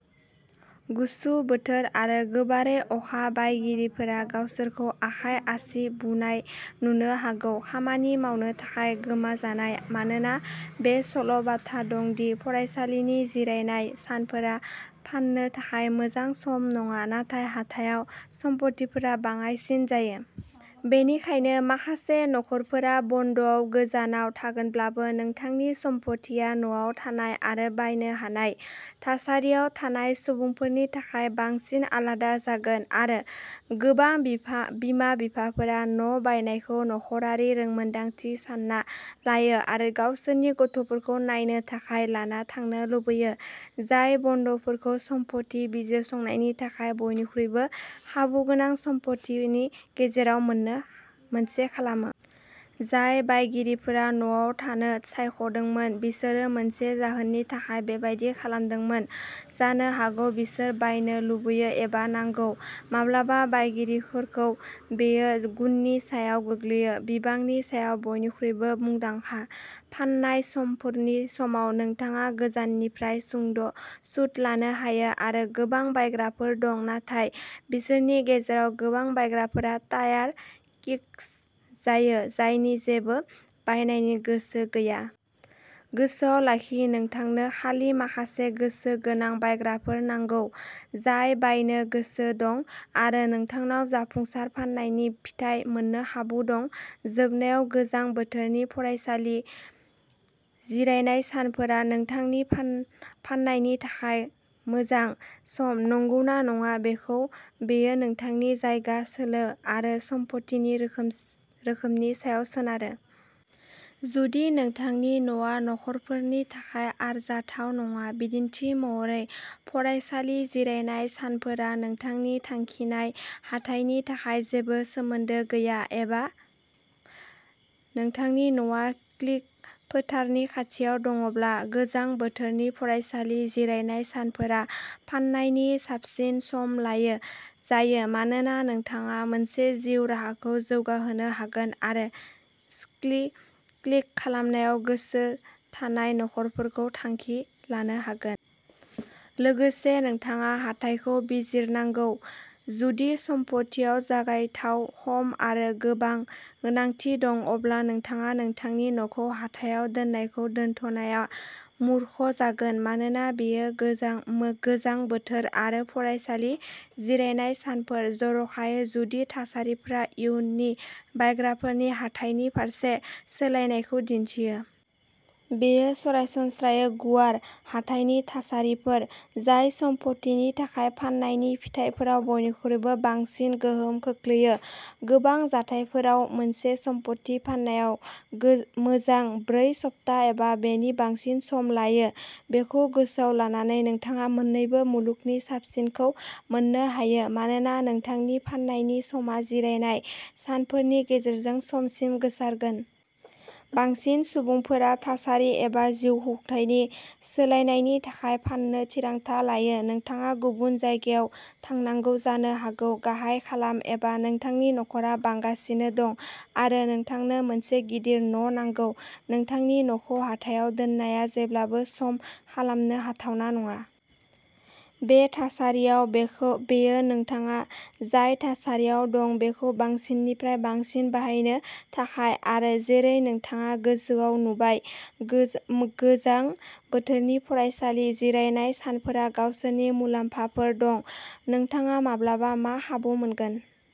गुसु बोथोर आरो गोबारै अखा बायगिरिफोरा गावसोरखौ आखाइ आसि बुनाय नुनो हागौ, खामानि मावनो थाखाय गोमाजानाय। मानोना बे सल'-बाथा दं दि फरायसालिनि जिरायनाय सानफोरा फाननो थाखाय मोजां सम नङा, नाथाय हाथायाव सम्फथिफोरा बाङायसिन जायो। बेनिखायनो माखासे नखरफोरा बन्द'आव गोजानाव थागोनब्लाबो, नोंथांनि सम्फथिआ न'आव थानाय आरो बायनो हानाय थासारियाव थानाय सुबुंफोरनि थाखाय बांसिन आलादा जागोन। आरो गोबां बिफा बिमा-बिफाफोरा न' बायनायखौ नखरारि रोंमोनदांथि सानना लायो आरो गावसोरनि गथ'फोरखौ नायनो थाखाय लाना थांनो लुबैयो, जाय बन्द'फोरखौ सम्फथि बिजिरसंनायनि थाखाय बयनिख्रुइबो खाबुगोनां समफोरनि गेजेराव मोनसे खालामो। जाय बायगिरिफोरा न'आव थानो सायख'दोंमोन बिसोरो मोनसे जाहोननि थाखाय बेबादि खालामदोंमोन जानो हागौ-बिसोर बायनो लुबैयो एबा नांगौ। माब्लाबा बायगिरिफोरजों बेयो गुननि सायाव गोग्लैयो, बिबांनि सायाव। बयनिख्रुइबो मुंदांखा फाननाय समफोरनि समाव, नोंथाङा गोजाननिफ्राय सुद लानो हायो आरो गोबां बायग्राफोर दं, नाथाय बिसोरनि गेजेराव गोबां बायग्राफोरा टायार-किक जायो, जायनि जेबो बायनायनि गोसो गैया। गोसोआव लाखि, नोंथांनो खालि माखासे गोसो गोनां बायग्राफोर नांगौ, जाय बायनो गोसो दं आरो नोंथांनाव जाफुंसार फाननायनि फिथाय मोननो खाबु दं। जोबनायाव, गोजां बोथोरनि फरायसालि जिरायनाय सानफोरा नोंथांनि फाननायनि थाखाय मोजां सम नंगौना नङा, बेयो नोंथांनि जायगा, सोलो आरो सम्पथिनि रोखोमनि सायाव सोनारो। जुदि नोंथांनि न'आ नखरफोरनि थाखाय आरजाथाव नङा, बिदिन्थि महरै, फरायसालि जिरायनाय सानफोरा नोंथांनि थांखिनाय हाथाइनि थाखाय जेबो सोमोन्दो गैया। एबा नोंथांनि न'आ स्कि फोथारनि खाथियाव दङब्ला, गोजां बोथोरनि फरायसालि जिरायनाय सानफोरा फाननायनि साबसिन सम जायो, मानोना नोंथाङा मोनसे जिउ राहाखौ जौगाहोनो हागोन आरो स्कि स्कि खालामनायाव गोसो थानाय नखरफोरखौ थांखि लानो हागोन। लोगोसे, नोंथाङा हाथाइखौ बिजिरनांगौ। जुदि सम्फथिआव जगायथाय खम आरो गोबां गोनांथि दं, अब्ला नोंथाङा नोंथांनि न'खौ हाथायाव दोननायखौ दोनथ'नाया मुरख’ जागोन। मानोना बेयो गोजां गोजां बोथोर आरो फरायसालि जिरायनाय सानफोर जर'खायै जुदि थासारिफोरा इयुननि बायग्राफोरनि हाथाइनि फारसे सोलायनायखौ दिन्थियो। बेयो सरासनस्रायै गुवार हाथाइनि थासारिफोर जाय सम्पथिनि थाखाय फाननायनि फिथाइफोराव बयनिख्रुइ बांसिन गोहोम खोख्लैयो। गोबां जाथायफोराव, मोनसे सम्पथि फाननायाव गो मोजां ब्रै सप्ता एबा बेनि बांसिन सम लायो। बेखौ गोसोआव लानानै, नोंथाङा मोननैबो मुलुगनि साबसिनखौ मोननो हायो, मानोना नोंथांनि फाननायनि समा जिरायनाय सानफोरनि गेजेरजों समसिम गोसारगोन। बांसिन सुबुंफोरा थासारि एबा जिउखुंथायनि सोलायनायनि थाखाय फाननो थिरांथा लायो। नोंथाङा गुबुन जायगायाव थांनांगौ जानो हागौ, गाहाय खालाम एबा नोंथांनि नखरा बांगासिनो दं आरो नोंथांनो मोनसे गिदिर न' नांगौ। नोंथांनि न'खौ हाथायाव दोननाया जेब्लाबो सम खालामनो हाथावना नङा। बे थासारियाव, बेखौ बेयो नोंथाङा जाय थासारियाव दं बेखौ बांसिननिफ्राय बांसिन बाहायनो थाखाय। आरो जेरै नोंथाङा गोजौआव नुबाय गो-गोजां बोथोरनि फरायसालि जिरायनाय सानफोरा गावसोरनि मुलाम्फाफोर दं। नोंथाङा माब्लाबा मा खाबु मोनगोन?